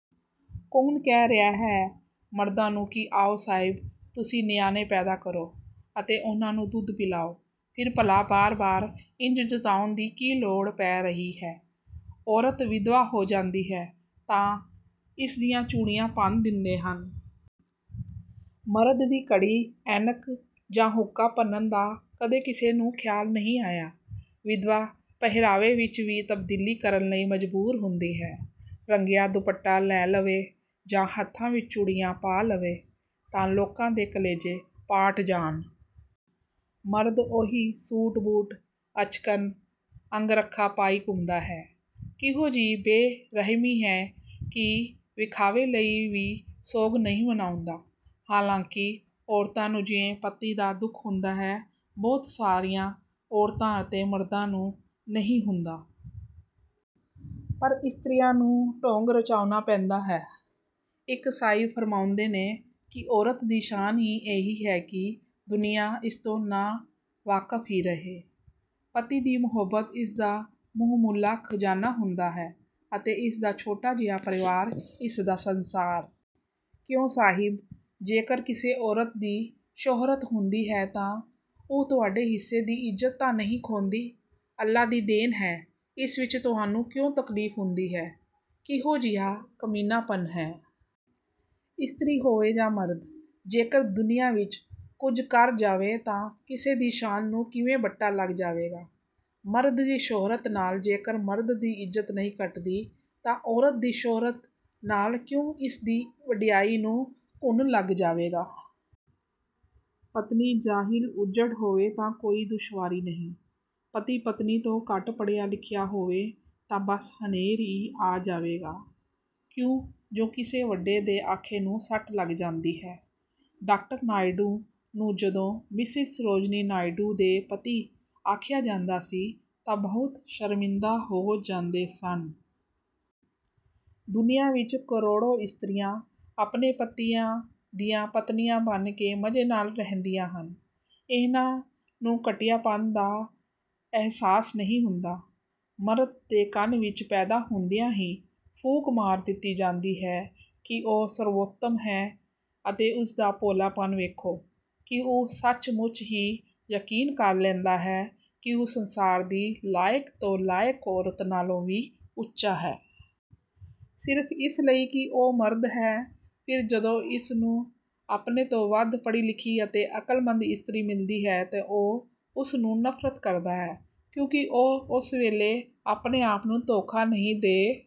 ਕੌਣ ਕਹਿ ਰਿਹਾ ਹੈ ਮਰਦਾਂ ਨੂੰ ਕਿ ਆਓ ਸਾਹਿਬ ਤੁਸੀਂ ਨਿਆਣੇ ਪੈਦਾ ਕਰੋ ਅਤੇ ਉਹਨਾਂ ਨੂੰ ਦੁੱਧ ਪਿਲਾਓ। ਫਿਰ ਭਲਾ ਬਾਰ-ਬਾਰ ਇੰਝ ਜਤਾਉਣ ਦੀ ਕੀ ਲੋੜ ਪੈ ਰਹੀ ਹੈ? ਔਰਤ ਵਿਧਵਾ ਹੋ ਜਾਂਦੀ ਹੈ ਤਾਂ ਇਸਦੀਆਂ ਚੂੜੀਆਂ ਭੰਨ ਦਿੰਦੇ ਹਨ। ਮਰਦ ਦੀ ਘੜੀ, ਐਨਕ ਜਾਂ ਹੁੱਕਾ ਭੰਨਣ ਦਾ ਕਦੇ ਕਿਸੇ ਨੂੰ ਖਿਆਲ ਨਹੀਂ ਆਇਆ। ਵਿਧਵਾ ਪਹਿਰਾਵੇ ਵਿੱਚ ਵੀ ਤਬਦੀਲੀ ਕਰਨ ਲਈ ਮਜਬੂਰ ਹੁੰਦੀ ਹੈ। ਰੰਗਿਆ ਦੁਪੱਟਾ ਲੈ ਲਵੇ ਜਾਂ ਹੱਥਾਂ ਵਿੱਚ ਚੂੜੀਆਂ ਪਾ ਲਵੇ ਤਾਂ ਲੋਕਾਂ ਦੇ ਕਲੇਜੇ ਪਾਟ ਜਾਣ। ਮਰਦ ਉਹੀ ਸੂਟ-ਬੂਟ, ਅਚਕਨ, ਅੰਗਰਖਾ ਪਾਈ ਘੁੰਮਦਾ ਹੈ। ਕਿਹੋ ਜਿਹੀ ਬੇ-ਰਹਿਮੀ ਹੈ ਕਿ ਵਿਖਾਵੇ ਲਈ ਵੀ ਸੋਗ ਨਹੀਂ ਮਨਾਉਂਦਾ। ਹਾਲਾਂਕਿ ਔਰਤਾਂ ਨੂੰ ਜਿਵੇਂ ਪਤੀ ਦਾ ਦੁੱਖ ਹੁੰਦਾ ਹੈ। ਬਹੁਤ ਸਾਰੀਆਂ ਔਰਤਾਂ ਅਤੇ ਮਰਦਾਂ ਨੂੰ ਨਹੀਂ ਹੁੰਦਾ। ਪਰ ਇਸਤਰੀਆਂ ਨੂੰ ਢੋਂਗ ਰਚਾਉਣਾ ਪੈਂਦਾ ਹੈ। ਇੱਕ ਸਾਹਿਬ ਫ਼ਰਮਾਉਂਦੇ ਨੇ ਕਿ 'ਔਰਤ ਦੀ ਸ਼ਾਨ ਹੀ ਇਹੀ ਹੈ ਕਿ ਦੁਨੀਆਂ ਇਸਤੋਂ ਨਾ-ਵਾਕਫ਼ ਹੀ ਰਹੇ। ਪਤੀ ਦੀ ਮੁਹੱਬਤ ਇਸਦਾ ਬਹੁ-ਮੁੱਲਾ ਖ਼ਜ਼ਾਨਾ ਹੁੰਦਾ ਹੈ ਅਤੇ ਇਸਦਾ ਛੋਟਾ ਜਿਹਾ ਪਰਿਵਾਰ ਇਸਦਾ ਸੰਸਾਰ।' ਕਿਉਂ ਸਾਹਿਬ! ਜੇਕਰ ਕਿਸੇ ਔਰਤ ਦੀ ਸ਼ੋਹਰਤ ਹੁੰਦੀ ਹੈ ਤਾਂ ਉਹ ਤੁਹਾਡੇ ਹਿੱਸੇ ਦੀ ਇਜ਼ਤ ਤਾਂ ਨਹੀਂ ਖੋਹੰਦੀ। ਅੱਲ੍ਹਾ ਦੀ ਦੇਣ ਹੈ। ਇਸ ਵਿੱਚ ਤੁਹਾਨੂੰ ਕਿਉਂ ਤਕਲੀਫ਼ ਹੁੰਦੀ ਹੈ? ਕਿਹੋ ਜਿਹਾ ਕਮੀਨਾਪਨ ਹੈ। ਇਸਤਰੀ ਹੋਵੇ ਜਾਂ ਮਰਦ, ਜੇਕਰ ਦੁਨੀਆ ਵਿੱਚ ਕੁਝ ਕਰ ਜਾਵੇ ਤਾਂ ਕਿਸੇ ਦੀ ਸ਼ਾਨ ਨੂੰ ਕਿਵੇਂ ਬੱਟਾ ਲੱਗ ਜਾਵੇਗਾ। ਮਰਦ ਦੀ ਸ਼ੋਹਰਤ ਨਾਲ ਜੇਕਰ ਮਰਦ ਦੀ ਇਜ਼ਤ ਨਹੀਂ ਘੱਟਦੀ ਤਾਂ ਔਰਤ ਦੀ ਸ਼ੋਹਰਤ ਨਾਲ ਕਿਉਂ ਇਸਦੀ ਵਡਿਆਈ ਨੂੰ ਘੁਣ ਲੱਗ ਜਾਵੇਗਾ। ਪਤਨੀ ਜਾਹਿਲ-ਉਜੱਡ ਹੋਵੇ ਤਾਂ ਕੋਈ ਦੁਸ਼ਵਾਰੀ ਨਹੀਂ। ਪਤੀ, ਪਤਨੀ ਤੋਂ ਘੱਟ ਪੜ੍ਹਿਆ-ਲਿਖਿਆ ਹੋਵੇ ਤਾਂ ਬਸ ਹਨੇਰ ਹੀ ਆ ਜਾਵੇਗਾ। ਕਿਉਂ ਜੋ ਕਿਸੇ ਵੱਡੇ ਦੇ ਆਖੇ ਨੂੰ ਸੱਟ ਲੱਗ ਜਾਂਦੀ ਹੈ। ਡਾਕਟਰ ਨਾਇਡੂ ਨੂੰ ਜਦੋਂ 'ਮਿਸੇਜ਼ ਸਰੋਜਨੀ ਨਾਇਡੂ ਦੇ ਪਤੀ' ਆਖਿਆ ਜਾਂਦਾ ਸੀ ਤਾਂ ਬਹੁਤ ਸ਼ਰਮਿੰਦਾ ਹੋ ਜਾਂਦੇ ਸਨ। ਦੁਨੀਆਂ ਵਿੱਚ ਕਰੋੜਾਂ ਇਸਤਰੀਆਂ ਆਪਣੇ ਪਤੀਆਂ ਦੀਆਂ ਪਤਨੀਆਂ ਬਣ ਕੇ ਮਜ਼ੇ ਨਾਲ ਰਹਿੰਦੀਆਂ ਹਨ। ਇਹਨਾਂ ਨੂੰ ਘਟੀਆਪਨ ਦਾ ਅਹਿਸਾਸ ਨਹੀਂ ਹੁੰਦਾ। ਮਰਦ ਦੇ ਕੰਨ ਵਿੱਚ ਪੈਦਾ ਹੁੰਦਿਆਂ ਹੀ ਫੂਕ ਮਾਰ ਦਿੱਤੀ ਜਾਂਦੀ ਹੈ ਕਿ ਉਹ ਸਰਵ-ਉੱਤਮ ਹੈ ਅਤੇ ਉਸਦਾ ਭੋਲਾਪਨ ਵੇਖੋ ਕਿ ਉਹ ਸੱਚ-ਮੁੱਚ ਹੀ ਯਕੀਨ ਕਰ ਲੈਂਦਾ ਹੈ ਕਿ ਉਹ ਸੰਸਾਰ ਦੀ ਲਾਇਕ ਤੋਂ ਲਾਇਕ ਔਰਤ ਨਾਲੋਂ ਵੀ ਉੱਚਾ ਹੈ। ਸਿਰਫ਼ ਇਸ ਲਈ ਕਿ ਉਹ ਮਰਦ ਹੈ। ਫਿਰ ਜਦੋਂ ਇਸਨੂੰ ਆਪਣੇ ਤੋਂ ਵੱਧ ਪੜ੍ਹੀ-ਲਿਖੀ ਅਤੇ ਅਕਲਮੰਦ ਇਸਤਰੀ ਮਿਲਦੀ ਹੈ ਤਾਂ ਉਹ ਉਸ ਨੂੰ ਨਫ਼ਰਤ ਕਰਦਾ ਹੈ। ਕਿਉਂਕਿ ਉਹ ਉਸ ਵੇਲੇ ਆਪਣੇ ਆਪ ਨੂੰ ਧੋਖਾ ਨਹੀਂ ਦੇ